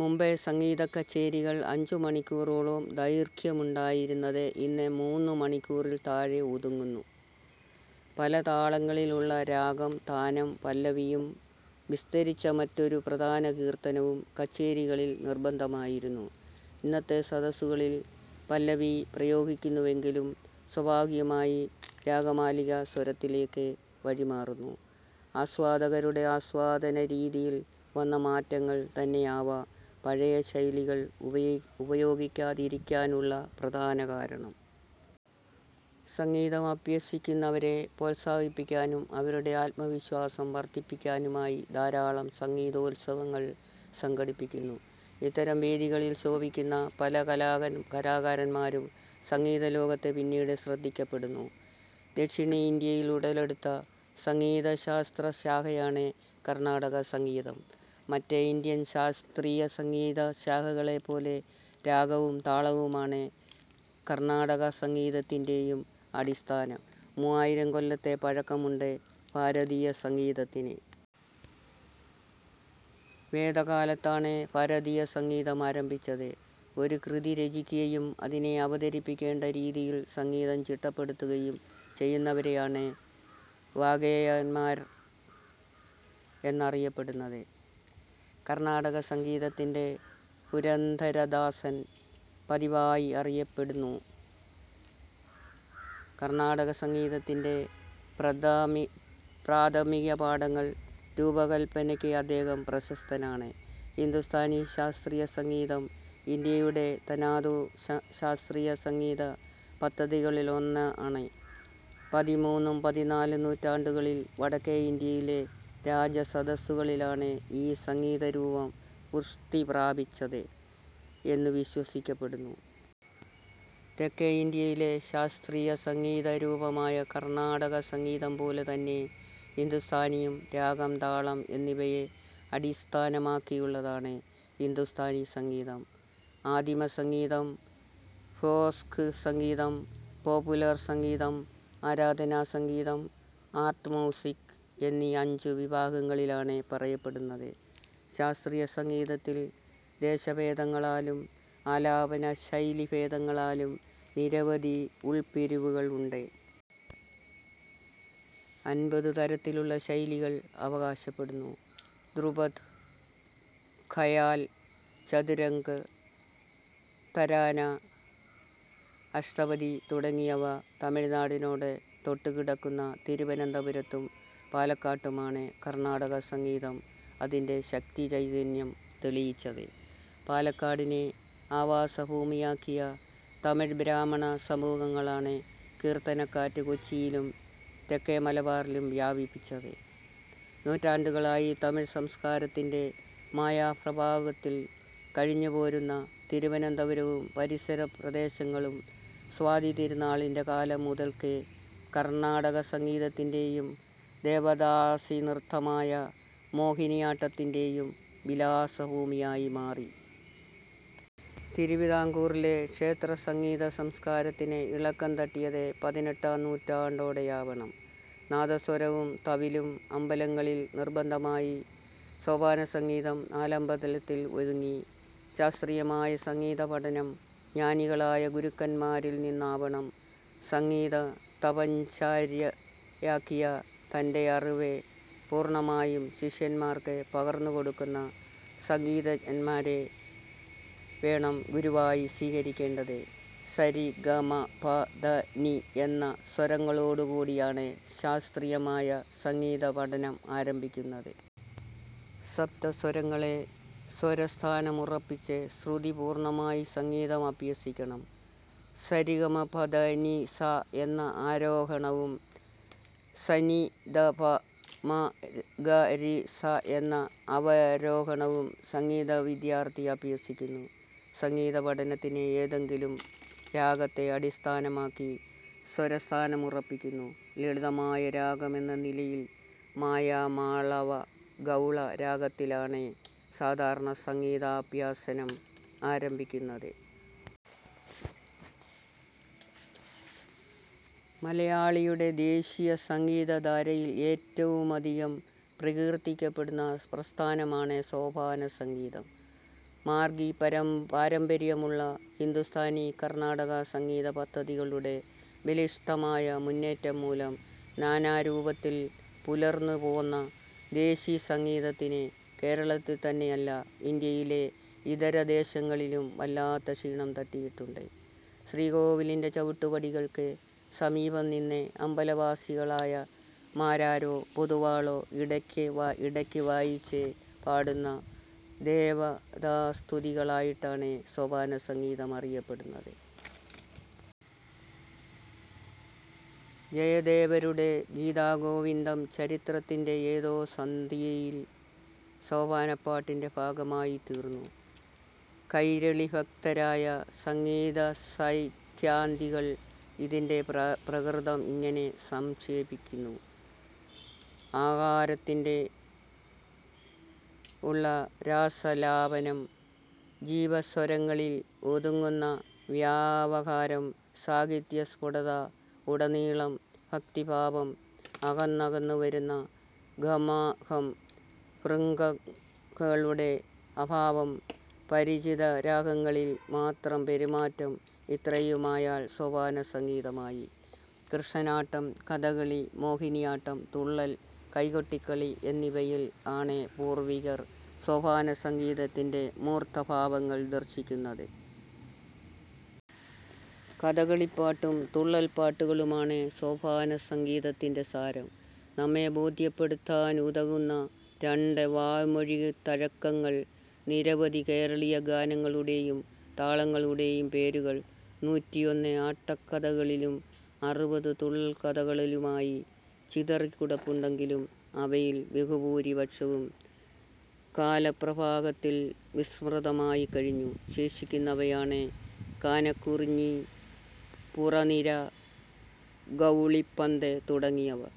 മുമ്പ് സംഗീതകച്ചേരികൾ അഞ്ചുമണിക്കൂറോളം ദൈർഘ്യമുണ്ടായിരുന്നത് ഇന്ന് മൂന്ന് മണിക്കൂറിൽ താഴെ ഒതുങ്ങുന്നു. പല താളങ്ങളിൽ ഉള്ള രാഗം താനം പല്ലവിയും വിസ്തരിച്ച മറ്റൊരു പ്രധാന കീർത്തനവും കച്ചേരികളിൽ നിർബന്ധമായിരുന്നു. ഇന്നത്തെ സദസ്സുകളിൽ പല്ലവി പ്രയോഗിക്കുന്നുവെങ്കിലും സ്വാഭാവികമായി രാഗമാലിക സ്വരത്തിലേക്ക് വഴിമാറുന്നു. ആസ്വാദകരുടെ ആസ്വാദനരീതിയിൽ വന്ന മാറ്റങ്ങൾ തന്നെയാവാം പഴയ ശൈലികൾ ഉപയോഗിക്കാതിരിക്കാനുള്ള പ്രധാന കാരണം. സംഗീതം അഭ്യസിക്കുന്നവരെ പ്രോത്സാഹിപ്പിക്കാനും അവരുടെ ആത്മവിശ്വാസം വർദ്ധിപ്പിക്കാനുമായി ധാരാളം സംഗീതോത്സവങ്ങൾ സംഘടിപ്പിക്കുന്നു. ഇത്തരം വേദികളിൽ ശോഭിക്കുന്ന പല കലാകാരന്മാരും സംഗീതലോകത്ത് പിന്നീട് ശ്രദ്ധിക്കപ്പെടുന്നു ദക്ഷിണേന്ത്യയിൽ ഉടലെടുത്ത ശാസ്ത്രീയസംഗീത ശാഖയാണ് കർണ്ണാടക സംഗീതം. മറ്റ് ഇന്ത്യൻ ശാസ്ത്രീയസംഗീത ശാഖകളെപ്പോലെ രാഗവും താളവുമാണ് കർണ്ണാടകസംഗീതത്തിന്റെയും അടിസ്ഥാനം. മൂവായിരം കൊല്ലത്തെ പഴക്കമുണ്ട് ഭാരതീയസംഗീതത്തിന്. വേദകാലത്താണ് ഭാരതീയസംഗീതം ആരംഭിച്ചത്. ഒരു കൃതി രചിക്കുകയും അതിനെ അവതരിപ്പിക്കേണ്ട രീതിയിൽ സംഗീതം ചിട്ടപ്പെടുത്തുകയും ചെയ്യുന്നവരെയാണ് വാഗ്ഗേയകാരന്മാർ എന്നറിയപ്പെടുന്നത്. കർണാടകസംഗീതത്തിന്റെ പുരന്ദരദാസൻ പിതാവായി അറിയപ്പെടുന്നു. കർണാടകസംഗീതത്തിന്റെ പ്രാഥമികപാഠങ്ങൾ രൂപകൽപ്പനയ്ക്ക് അദ്ദേഹം പ്രശസ്തനാണ്. ഹിന്ദുസ്ഥാനി ശാസ്ത്രീയ സംഗീതം ഇന്ത്യയുടെ തനതു ശാസ്ത്രീയ സംഗീത പദ്ധതികളിലൊന്നാണ്. പതിമൂന്നും പതിനാലും നൂറ്റാണ്ടുകളിൽ വടക്കേ ഇന്ത്യയിലെ രാജ സദസ്സുകളിലാണ് ഈ സംഗീത രൂപം പുഷ്ടി പ്രാപിച്ചത് എന്നു വിശ്വസിക്കപ്പെടുന്നു. തെക്കേ ഇന്ത്യയിലെ ശാസ്ത്രീയ സംഗീത രൂപമായ കർണാടക സംഗീതം പോലെ തന്നെ ഹിന്ദുസ്ഥാനിയും രാഗം, താളം എന്നിവയെ അടിസ്ഥാനമാക്കിയുള്ളതാണ്. ഹിന്ദുസ്ഥാനി സംഗീതം ആദിമസംഗീതം, ഫോക്സംഗീതം, പോപ്പുലർ സംഗീതം, ആരാധനാ സംഗീതം, ആർട്ട് മ്യൂസിക് എന്നീ അഞ്ചു വിഭാഗങ്ങളിലായാണ് പറയപ്പെടുന്നത്. ശാസ്ത്രീയസംഗീതത്തിൽ ദേശഭേദങ്ങളാലും ആലാപനശൈലീഭേദങ്ങളാലും നിരവധി ഉൾപ്പിരിവുകൾ ഉണ്ട്. അൻപത് തരത്തിലുള്ള ശൈലികൾ അവകാശപ്പെടുന്നു. ധ്രുപദ്, ഖയാൽ, ചതുരംഗ്, തരാന, അഷ്ടപദി തുടങ്ങിയവ. തമിഴ്നാടിനോട് തൊട്ട്കിടക്കുന്ന തിരുവനന്തപുരത്തും പാലക്കാട്ടുമാണ് കർണാടക സംഗീതം അതിന്റെ ശക്തി ചൈതന്യം തെളിയിച്ചത്. പാലക്കാടിനെ ആവാസഭൂമിയാക്കിയ തമിഴ് ബ്രാഹ്മണ സമൂഹങ്ങളാണ് 'കീർത്തനക്കാറ്റ്' കൊച്ചിയിലും തെക്കേ മലബാറിലും വ്യാപിപ്പിച്ചത്. നൂറ്റാണ്ടുകളായി തമിഴ് സംസ്കാരത്തിന്റെ മായികപ്രഭാവത്തിൽ കഴിഞ്ഞ്പോരുന്ന തിരുവനന്തപുരവും പരിസര പ്രദേശങ്ങളും സ്വാതി തിരുനാളിന്റെ കാലം മുതൽക്ക് കർണാടകസംഗീതത്തിന്റെയും ദേവദാസി നൃത്തമായ മോഹിനിയാട്ടത്തിന്റെയും വിലാസഭൂമിയായി മാറി. തിരുവിതാംകൂറിലെ ക്ഷേത്രസംഗീതസംസ്കാരത്തിന് ഇളക്കം തട്ടിയത് പതിനെട്ടാം നൂറ്റാണ്ടോടെയാവണം. നാദസ്വരവും തവിലും അമ്പലങ്ങളിൽ നിർബന്ധമായി. സോപാന സംഗീതം നാലമ്പലത്തിൽ ഒതുങ്ങി. ശാസ്ത്രീയമായ സംഗീതപഠനം ജ്ഞാനികളായ ഗുരുക്കൻമാരിൽ നിന്നാവണം. സംഗീതം തപശ്ചര്യയാക്കിയ തന്റെ അറിവ് പൂർണമായും ശിഷ്യൻമാർക്ക് പകർന്നുകൊടുക്കുന്ന സംഗീതജ്ഞൻമാരേ വേണം ഗുരുവായി സ്വീകരിക്കേണ്ടത്. സ, രി ,ഗ, മ ,പ ,ധ ,നി എന്ന സ്വരങ്ങളോടുകൂടിയാണ് ശാസ്ത്രീയമായ സംഗീതപഠനം ആരംഭിക്കുന്നത്. സപ്ത സ്വരങ്ങളെ സ്വരസ്ഥാനമുറപ്പിച്ച് ശ്രുതി പൂർണമായി സംഗീതം അഭ്യസിക്കണം. സരിഗമപധനിസ എന്ന ആരോഹണവും സനിധപമഗരിസ എന്ന അവരോഹണവും സംഗീത വിദ്യാർത്ഥി അഭ്യസിക്കുന്നു. സംഗീത പഠനത്തിന് ഏതെങ്കിലും രാഗത്തെ അടിസ്ഥാനമാക്കി സ്വരസ്ഥാനമുറപ്പിക്കുന്നു. ലളിതമായ രാഗം എന്ന നിലയിൽ മായാമാളവ ഗൗള രാഗത്തിലാണ് സാധാരണ സംഗീതാഭ്യസനം ആരംഭിക്കുന്നത്. മലയാളിയുടെ 'ദേശി' സംഗീതധാരയിൽ ഏറ്റവുമധികം പ്രകീർത്തിക്കപ്പെടുന്ന പ്രസ്ഥാനമാണ് സോപാനസംഗീതം. 'മാർഗി' പാരമ്പര്യമുള്ള ഹിന്ദുസ്ഥാനി-കർണാടക സംഗീത പദ്ധതികളുടെ ബലിഷ്ടമായ മുന്നേറ്റം മൂലം നാനാരൂപത്തിൽ പുലർന്നുപോന്ന 'ദേശി' സംഗീതത്തിന് കേരളത്തിൽതന്നെയല്ല ഇന്ത്യയിലെ ഇതരദേശങ്ങളിലും വല്ലാത്ത ക്ഷീണം തട്ടിയിട്ടുണ്ട്. ശ്രീകോവിലിന്റെ ചവിട്ടുപടികൾക്ക് സമീപം നിന്ന് അമ്പലവാസികളായ മാരാരോ പൊതുവാളോ ഇടക്ക് വായിച്ച് പാടുന്ന ദേവതാസ്തുതികളായിട്ടാണ് സോപാന സംഗീതം അറിയപ്പെടുന്നത്. ജയദേവരുടെ ഗീതാഗോവിന്ദം ചരിത്രത്തിന്റെ ഏതോ സന്ധിയിൽ സോപാനപ്പാട്ടിന്റെ ഭാഗമായി തീർന്നു. കൈരളീഭക്തരായ സംഗീതസൈദ്ധാന്തികർ ഇതിന്റെ പ്രകൃതം ഇങ്ങനെ സംക്ഷേപിക്കുന്നു. 'അ' കാരത്തിൽ ഉള്ള രാഗാലാപനം, ജീവസ്വരങ്ങളിൽ ഒതുങ്ങുന്ന വ്യവഹാരം, സാഹിത്യ സ്ഫുടത, ഉടനീളം ഭക്തിഭാവം, അകന്നകന്ന് വരുന്ന ഗമകം,'ഭൃഗ'കളുടെ അഭാവം, പരിചിത രാഗങ്ങളിൽ മാത്രം പെരുമാറ്റം ഇത്രയുമായാൽ സോപാന സംഗീതമായി. കൃഷ്ണനാട്ടം, കഥകളി, മോഹിനിയാട്ടം, തുള്ളൽ, കൈകൊട്ടിക്കളി എന്നിവയിൽ ആണ് പൂർവികർ സോപാനസംഗീതത്തിന്റെ മൂർത്തഭാവങ്ങൾ ദർശിക്കുന്നത്. കഥകളിപ്പാട്ടും തുള്ളൽപ്പാട്ടുകളുമാണ് സോപാനസംഗീതത്തിന്റെ സാരം നമ്മെ ബോദ്ധ്യപ്പെടുത്താനുതകുന്ന രണ്ട് വാമൊഴിത്തഴക്കങ്ങൾ. നിരവധി കേരളീയ ഗാനങ്ങളുടെയും താളങ്ങളുടെയും പേരുകൾ നൂറ്റിയൊന്ന് ആട്ടക്കഥകളിലും അറുപത് തുള്ളൽക്കഥകളിലുമായി ചിതറിക്കിടപ്പുണ്ടെങ്കിലും അവയിൽ ബഹുപൂരിപക്ഷവും കാലപ്രവാഹത്തിൽ വിസ്മൃതമായി കഴിഞ്ഞു. ശേഷിക്കുന്നവയാണ് കാനക്കുറിഞ്ഞി, പുറനിര, ഗൌളിപന്ത് തുടങ്ങിയവ